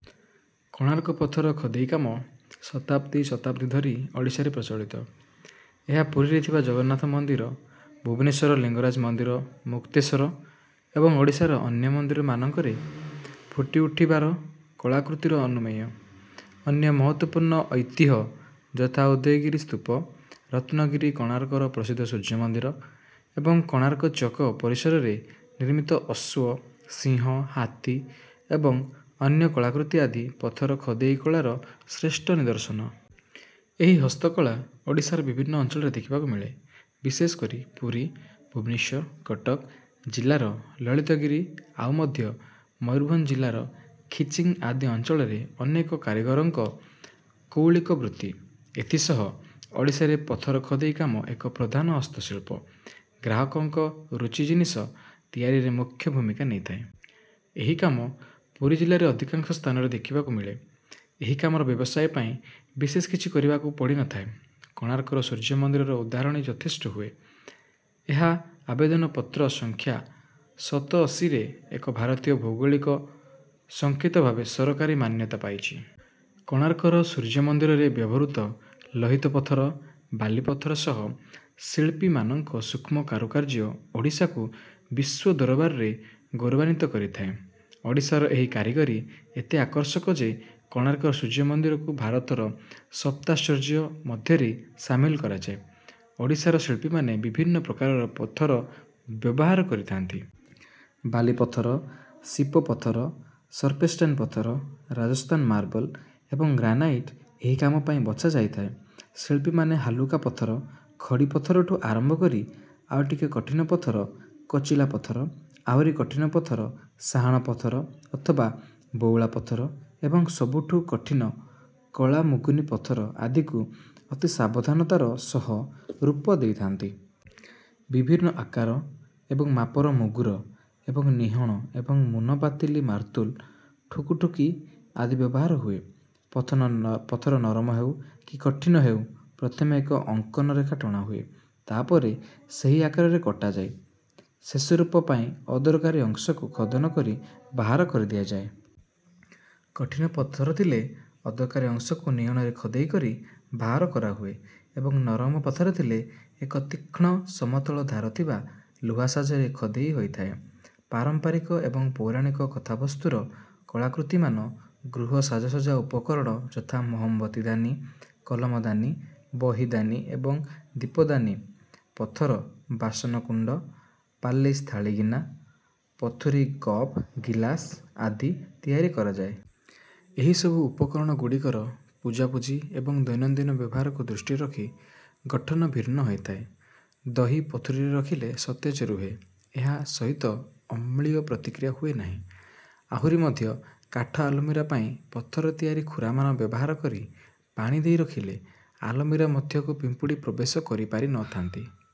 କୋଣାର୍କ ପଥର ଖୋଦେଇ କାମ ଶତାବ୍ଦୀ ଶତାବ୍ଦୀ ଧରି ଓଡ଼ିଶାରେ ପ୍ରଚଳିତ। ଏହା ପୁରୀରେ ଥିବା ଜଗନ୍ନାଥ ମନ୍ଦିର ଭୁବନେଶ୍ୱରର ଲିଙ୍ଗରାଜ ମନ୍ଦିର ମୁକ୍ତେଶ୍ୱର ଏବଂ ଓଡ଼ିଶାର ଅନ୍ୟ ମନ୍ଦିରମାନଙ୍କରେ ଫୁଟିଉଠିଥିବା କଳାକୃତିରୁ ଅନୁମେୟ। ଅନ୍ୟ ମହତ୍ତ୍ୱପୂର୍ଣ୍ଣ ଐତିହ୍ୟ ଯଥା ଉଦୟଗିରି ସ୍ତୂପ ରତ୍ନଗିରି କୋଣାର୍କର ପ୍ରସିଦ୍ଧ ସୂର୍ଯ୍ୟମନ୍ଦିର ଏବଂ କୋଣାର୍କ ଚକ ପରିସରରେ ନିର୍ମିତ ଅଶ୍ୱ ସିଂହ ହାତୀ ଏବଂ ଅନ୍ୟ କଳାକୃତି ଆଦି ପଥର ଖୋଦେଇ କଳାର ଶ୍ରେଷ୍ଠ ନିଦର୍ଶନ। ଏହି ହସ୍ତକଳା ଓଡ଼ିଶାର ବିଭିନ୍ନ ଅଞ୍ଚଳରେ ଦେଖିବାକୁ ମିଳେ। ବିଶେଷକରି ପୁରୀ ଭୁବନେଶ୍ୱର କଟକ ଜିଲ୍ଲାର ଲଳିତଗିରି ଆଉ ମଧ୍ୟ ମୟୂରଭଞ୍ଜ ଜିଲ୍ଲାର ଖିଚିଂ ଆଦି ଅଞ୍ଚଳରେ ଅନେକ କାରିଗରଙ୍କ କୌଳିକ ବୃତ୍ତି। ଏଥିସହ ଓଡ଼ିଶାରେ ପଥର ଖୋଦେଇ କାମ ଏକ ପ୍ରଧାନ ହସ୍ତଶିଳ୍ପ। ଗ୍ରାହକଙ୍କ ରୁଚି ଜିନିଷ ତିଆରିରେ ମୁଖ୍ୟ ଭୂମିକା ନେଇଥାଏ। ଏହି କାମ ପୁରୀ ଜିଲ୍ଲାରେ ଅଧିକାଂଶ ସ୍ଥାନରେ ଦେଖିବାକୁ ମିଳେ। ଏହି କାମର ବ୍ୟବସାୟ ପାଇଁ ବିଶେଷ କିଛି କରିବାକୁ ପଡ଼ିନଥାଏ। କୋଣାର୍କର ସୂର୍ଯ୍ୟମନ୍ଦିରର ଉଦାହରଣ ହିଁ ଯଥେଷ୍ଟ ହୁଏ। ଏହା ଆବେଦନ ପତ୍ର ସଂଖ୍ୟା ସତଅଶୀରେ ଏକ ଭାରତୀୟ ଭୌଗୋଳିକ ସଂକେତ ଭାବେ ସରକାରୀ ମାନ୍ୟତା ପାଇଛି। କୋଣାର୍କର ସୂର୍ଯ୍ୟମନ୍ଦିରରେ ବ୍ୟବହୃତ ଲୋହିତ ପଥର ବାଲିପଥର ସହ ଶିଳ୍ପୀମାନଙ୍କ ସୂକ୍ଷ୍ମ କାରୁକାର୍ଯ୍ୟ ଓଡ଼ିଶାକୁ ବିଶ୍ୱ ଦରବାରରେ ଗୌରବାନ୍ୱିତ କରିଥାଏ। ଓଡ଼ିଶାର ଏହି କାରିଗରୀ ଏତେ ଆକର୍ଷକ ଯେ କୋଣାର୍କ ସୂର୍ଯ୍ୟମନ୍ଦିରକୁ ଭାରତର ସପ୍ତାଶ୍ଚର୍ଯ୍ୟ ମଧ୍ୟରେ ସାମିଲ କରାଯାଏ। ଓଡ଼ିଶାର ଶିଳ୍ପୀମାନେ ବିଭିନ୍ନ ପ୍ରକାରର ପଥର ବ୍ୟବହାର କରିଥାନ୍ତି। ବାଲିପଥର ସିପ ପଥର ସର୍ପେଣ୍ଟାଇନ ପଥର ରାଜସ୍ଥାନ ମାର୍ବଲ ଏବଂ ଗ୍ରାନାଇଟ ଏହି କାମ ପାଇଁ ବଛାଯାଇଥାଏ। ଶିଳ୍ପୀମାନେ ହାଲୁକା ପଥର ଖଡ଼ିପଥରଠୁ ଆରମ୍ଭ କରି ଆଉ ଟିକେ କଠିନ ପଥର କୋଚିଲା ପଥର ଆହୁରି କଠିନ ପଥର ସାହାଣ ପଥର ଅଥବା ବଉଳା ପଥର ଏବଂ ସବୁଠୁ କଠିନ କଳା ମୁଗୁନି ପଥର ଆଦିକୁ ଅତି ସାବଧାନତାର ସହ ରୂପ ଦେଇଥାନ୍ତି। ବିଭିନ୍ନ ଆକାର ଏବଂ ମାପର ମୁଗୁର ଏବଂ ନିହଣ ଏବଂ ମୁନ ପାତିଲି ମାର୍ତୁଲ ଠୁକୁ-ଠୁକି ଆଦି ବ୍ୟବହାର ହୁଏ। ପଥର ନରମ ହେଉ କି କଠିନ ହେଉ ପ୍ରଥମେ ଏକ ଅଙ୍କନ ରେଖା ଟଣାହୁଏ। ତାପରେ ସେହି ଆକାରରେ କଟାଯାଏ। ଶେଷ ରୂପ ପାଇଁ ଅଦରକାରୀ ଅଂଶକୁ ଖୋଦନ କରି ବାହାର କରିଦିଆଯାଏ। କଠିନ ପଥର ଥିଲେ ଅଦରକାରୀ ଅଂଶକୁ ନିହଣରେ ଖୋଦେଇ କରି ବାହାର କରାହୁଏ ଏବଂ ନରମ ପଥର ଥିଲେ ଏକ ତୀକ୍ଷ୍ଣ ସମତଳ ଧାର ଥିବା ଲୁହା ସାଜରେ ଖୋଦେଇ ହୋଇଥାଏ। ପାରମ୍ପରିକ ଏବଂ ପୌରାଣିକ କଥାବସ୍ତୁର କଳାକୃତିମାନ ଗୃହସାଜସଜ୍ଜା ଉପକରଣ ଯଥା ମହମବତୀ ଦାନି କଲମ ଦାନି ବହି ଦାନି ଏବଂ ଦୀପଦାନି ପଥର ବାସନ କୁଣ୍ଡ ପାଲିସ ଥାଳି ଗିନା ପଥୁରୀ କପ ଗିଲାସ ଆଦି ତିଆରି କରାଯାଏ। ଏହି ସବୁ ଉପକରଣଗୁଡ଼ିକର ପୂଜାପୂଜି ଏବଂ ଦୈନନ୍ଦିନ ବ୍ୟବହାରକୁ ଦୃଷ୍ଟିରେ ରଖି ଗଠନ ଭିନ୍ନ ହୋଇଥାଏ। ଦହି ପଥୁରୀରେ ରଖିଲେ ସତେଜ ରୁହେ ଏହା ସହିତ ଅମ୍ଳୀୟ ପ୍ରତିକ୍ରିୟା ହୁଏନାହିଁ। ଆହୁରି ମଧ୍ୟ କାଠ ଆଲମିରା ପାଇଁ ପଥର ତିଆରି ଖୁରାମାନ ବ୍ୟବହାର କରି ପାଣି ଦେଇ ରଖିଲେ ଆଲମିରା ମଧ୍ୟକୁ ପିମ୍ପୁଡ଼ି ପ୍ରବେଶ କରିପାରିନଥାନ୍ତି।